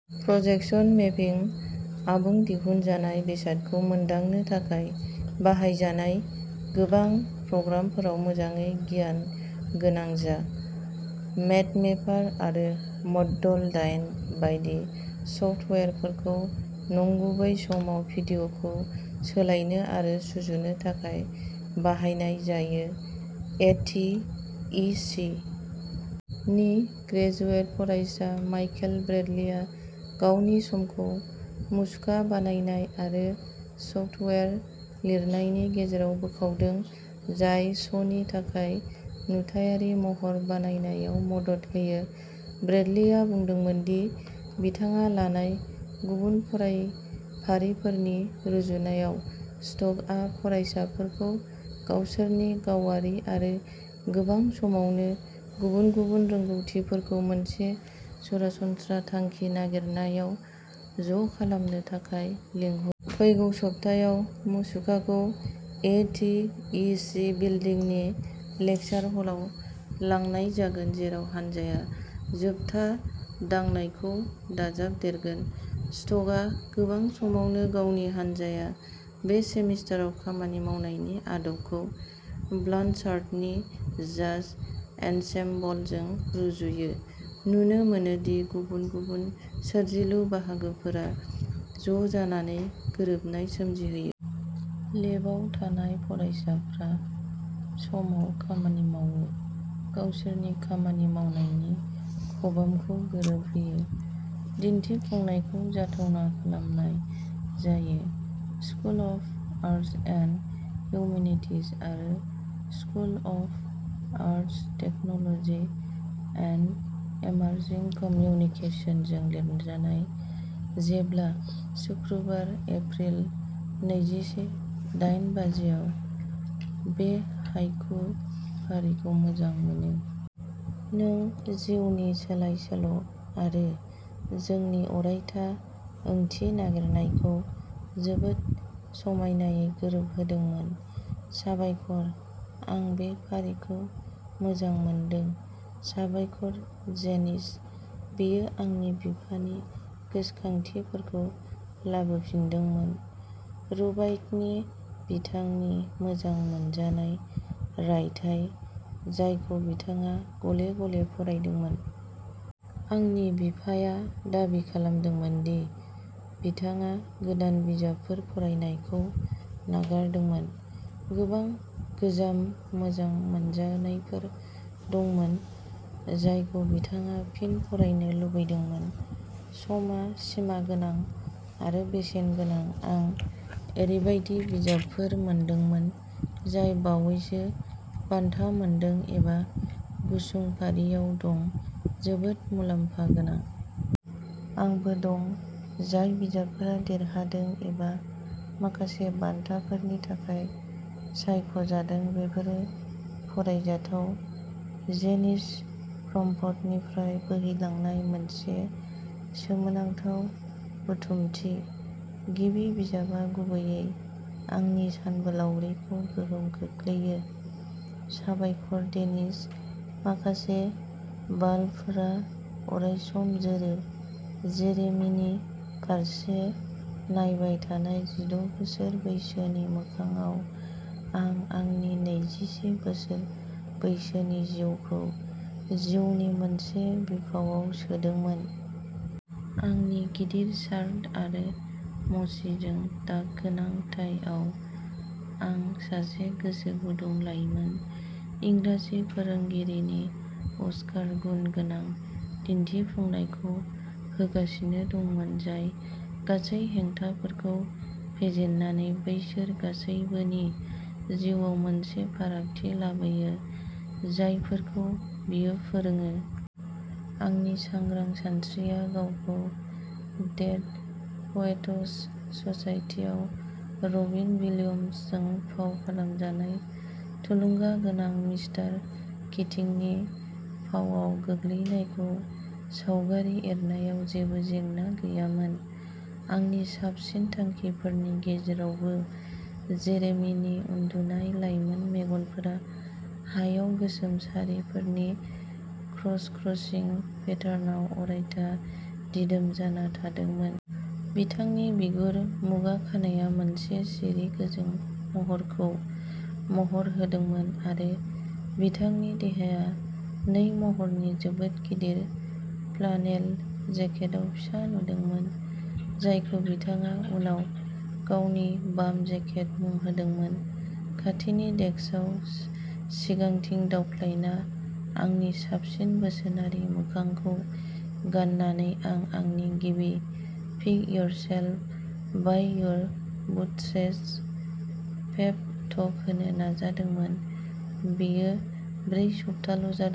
Projection मेपिं आबुं दिहुनजानाय बेसादखौ मोनदांनो थाखाय बाहायजानाय गोबां प्रग्रामफोराव मोजाङै गियान गोनां जा। मेडमेपार आरो मडुल दाइन बायदि सफ्टवेयारफोरखौ नंगुबै समाव भिडिय'खौ सोलायनो आरो सुजुनो थाखाय बाहायनाय जायो। ए. टि. इ. सि. नि ग्रेजुवेट फरायसा माइकेल ब्रेडलिआ गावनि समखौ मुसुखा बानायनाय आरो सफ्टवेयार लिरनायनि गेजेराव बोखावदों, जाय श'नि थाखाय नुथायारि महर बानायनायाव मदद होयो। ब्रेडलिआ बुंदोंमोन दि बिथाङा लानाय गुबुन फरायफारिफोरनि रुजुनायाव, स्क'टआ फरायसाफोरखौ गावसोरनि गावारि आरो गोबां समावनो गुबुन-गुबुन रोंग'थिफोरखौ मोनसे सरासनस्रा थांखि नागिरनायाव ज'खालामनो थाखाय लिंहरो। फैगौ सप्तायाव, मुसुखाखौ ए. टि. इ. सि. बिल्दिंनि लेकसार हलाव लांनाय जागोन, जेराव हानजाया जोबथा दांनायखौ दाजाबदेरगोन। स्क'टआ गोबां समावनो गावनि हानजाया बे सेमिस्टाराव खामानि मावनायनि आदबखौ ब्लानचार्डनि जाज एन्सेम्बलजों रुजुयो नुनो मोनोदि गुबुन गुबुन सोरजिलु बाहागोफोरा ज'जानानै गोरोबनाय सोमजिहोयो। लेबआव थानाय फरायसाफ्रा समाव खामानि मावो, गावसोरनि खामानि मावनायनि खबामखौ गोरोबहोयो। दिन्थिफुंनायखौ जाथावना खालामनाय जायो। School of arts and humanities आरो school of arts, technology, and emerging communication जों लिरजानाय। जेब्ला सुक्रुबार, एप्रिल नैजिसे दाइन बाजिआव बे हाइकु फारिखौ मोजां मोनो। नों जिउनि सोलायसोल' आरो जोंनि अरायथा ओंथि नागिरनायखौ जोबोद समायनायै गोरोबहोदोंमोन। साबायखर आं बे फारिखौ मोजां मोनदों। साबायखर जेनिस। बेयो आंनि बिफानि गोसोखांथिफोरखौ लाबोफिनदोंमोन, रुबायतनि बिथांनि मोजां मोनजानाय रायथाइ, जायखौ बिथाङा गले-गले फरायदोंमोन। आंनि बिफाया दाबि खालामदोंमोन दि बिथाङा गोदान बिजाबफोर फरायनायखौ नागारदोंमोन। गोबां गोजाम मोजां मोनजानायफोर दंमोन जायखौ बिथाङा फिन फरायनो लुबैदोंमोन। समआ सिमागोनां आरो बेसेनगोनां आं ओरैबायदि बिजाबफोर मोनदोंमोन जाय बावैसो बान्था मोनदों एबा गुसुं फारियाव दं जोबोद मुलाम्फा गोनां। आंबो दं जाय बिजाबफोरा देरहादों एबा माखासे बान्थाफोरनि थाखाय सायख'जादों बेफोर फरायजाथाव। जेनिस प्रम्पटनिफ्राय बोहैलांनाय मोनसे सोमोनांथाव बुथुमथि। गिबि बिजाबआ गुबैयै आंनि सानबोलावरिखौ गोहोम खोख्लैयो। साबायखर डेनिस माखासे बाल्बफोरा अरायसम जोरो। जेरेमीनि फारसे नायबाय थानाय जिद’ बोसोर बैसोनि मोखांआव आं आंनि नैजिसे बोसोर बैसोनि जिउखौ जिउनि मोनसे बिफावआव सोदोंमोन। आंनि गिदिर शार्ट आरो मसिजों दाग गोनां टाइआव, आं सासे गोसो गुदुं लाइमोन इंराजि फोरोंगिरिनि अस्कार गुन गोनां दिन्थिफुंनायखौ होगासिनो दंमोन जाय गासै हेंथाफोरखौ फेजेननानै बैसोर गासैबोनि जिउआव मोनसे फारागथि लाबोयो जायफोरखौ बियो फोरोङो। आंनि सांग्रां सानस्रिया गावखौ डेड पएट्स ससाइटिआव रबिन विलियम्सजों फाव खालामजानाय थुलुंगागोनां मिस्टार किटिंनि फावआव गोग्लैनायखौ सावगारि एरनायाव जेबो जेंना गैयामोन। आंनि साबसिन थांखिफोरनि गेजेरावबो, जेरेमिनि उन्दुनाय लाइमोन मेगनफोरा हायाव गोसोम सारिफोरनि क्रसक्रसिं पेटार्नाव अरायथा दिदोम जाना थादोंमोन। बिथांनि बिगुर, मुगा खानाया मोनसे सिरि, गोजों महरखौ महर होदोंमोन, आरो बिथांनि देहाया नै महरनि जोबोद गिदिर फ्लानेल जेकेटआव फिसा नुदोंमोन जायखौ बिथाङा उनाव गावनि "बाम जेकेट" मुं होदोंमोन। खाथिनि डेस्कआव सि-सिगांथिं दावख्लायना आंनि साबसिन बोसोनारि मोखांखौ गाननानै आं आंनि गिबि "पिक-योरसेल्फ-बाय-योर-बुटस्ट्रैप्स" पेप टक होनो नाजादोंमोन बेयो ब्रै सप्ताल' जादों।